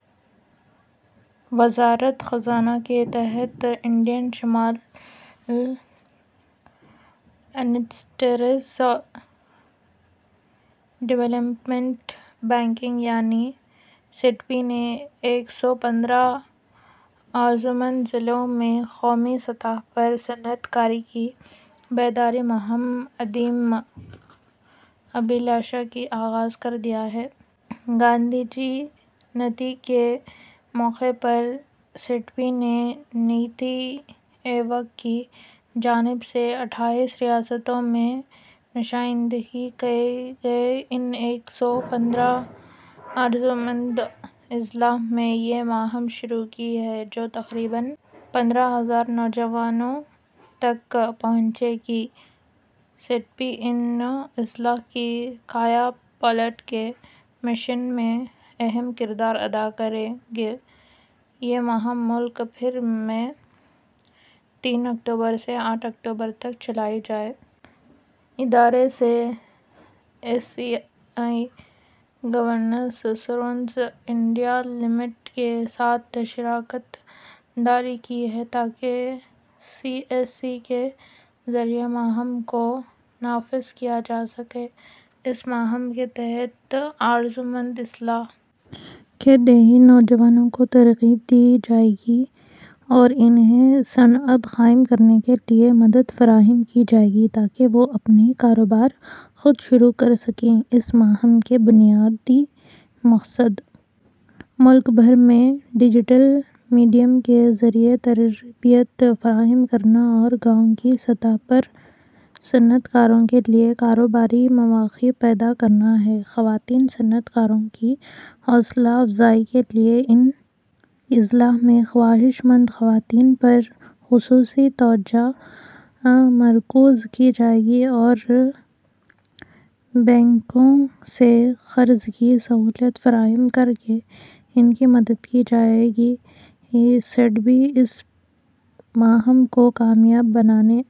وزارت خزانہ کے تحت Indian small industries development bank یعنی سڈبی نے ایک سو پندرہ آرزومند ضلعوں میں قومی سطح پر صنعت کاری کی بیداری مہم ادیم ابھیلاشا کا آغاز کر دیا ہے گاندھی جے نتی کے موقع پر سڈبی نے نیتی آیوگ کی جانب سے اٹھائیس ریاستوں میں نشاندہی کیے گئے ان ایک سو پندرہ آرزومند اضلاع میں یہ مہم شروع کی ہے جو تقریباً پندرہ ہزار نوجوانوں تک پہنچے گی سڈبی ان اضلاع کی کایا پلٹ کے مشن میں اہم کردار ادا کرے گا یہ مہم ملک بھر میں تین اکتوبر سے آٹھ اکتوبر تک چلائی جائے ادارے C S C e governance services India limited کے ساتھ شراکت داری کی ہے تاکہ سی ایس سی کے ذریعے مہم کو نافذ کیا جا سکے اس مہم کے تحت آرزومند اضلاع کے دیہی نوجوانوں کو ترغیب دی جائے گی اور انہیں صنعت قائم کرنے کے لیے مدد فراہم کی جائے گی تاکہ وہ اپنا کاروبار خود شروع کر سکیں اس مہم کا بنیادی مقصد ملک بھر میں ڈیجیٹل میڈیم کے ذریعے تربیت فراہم کرنا اور گاؤں کی سطح پر صنعت کاروں کے لیے کاروباری مواقع پیدا کرنا ہے خواتین صنعت کاروں کی حوصلہ افزائی کے لیے ان اضلاع میں خواہش مند خواتین پر خصوصی توجہ مرکوز کی جائے گی اور بینکوں سے قرض کی سہولت فراہم کر کے ان کی مدد کی جائے گی سڈبی اس مہم کو کامیاب بنانے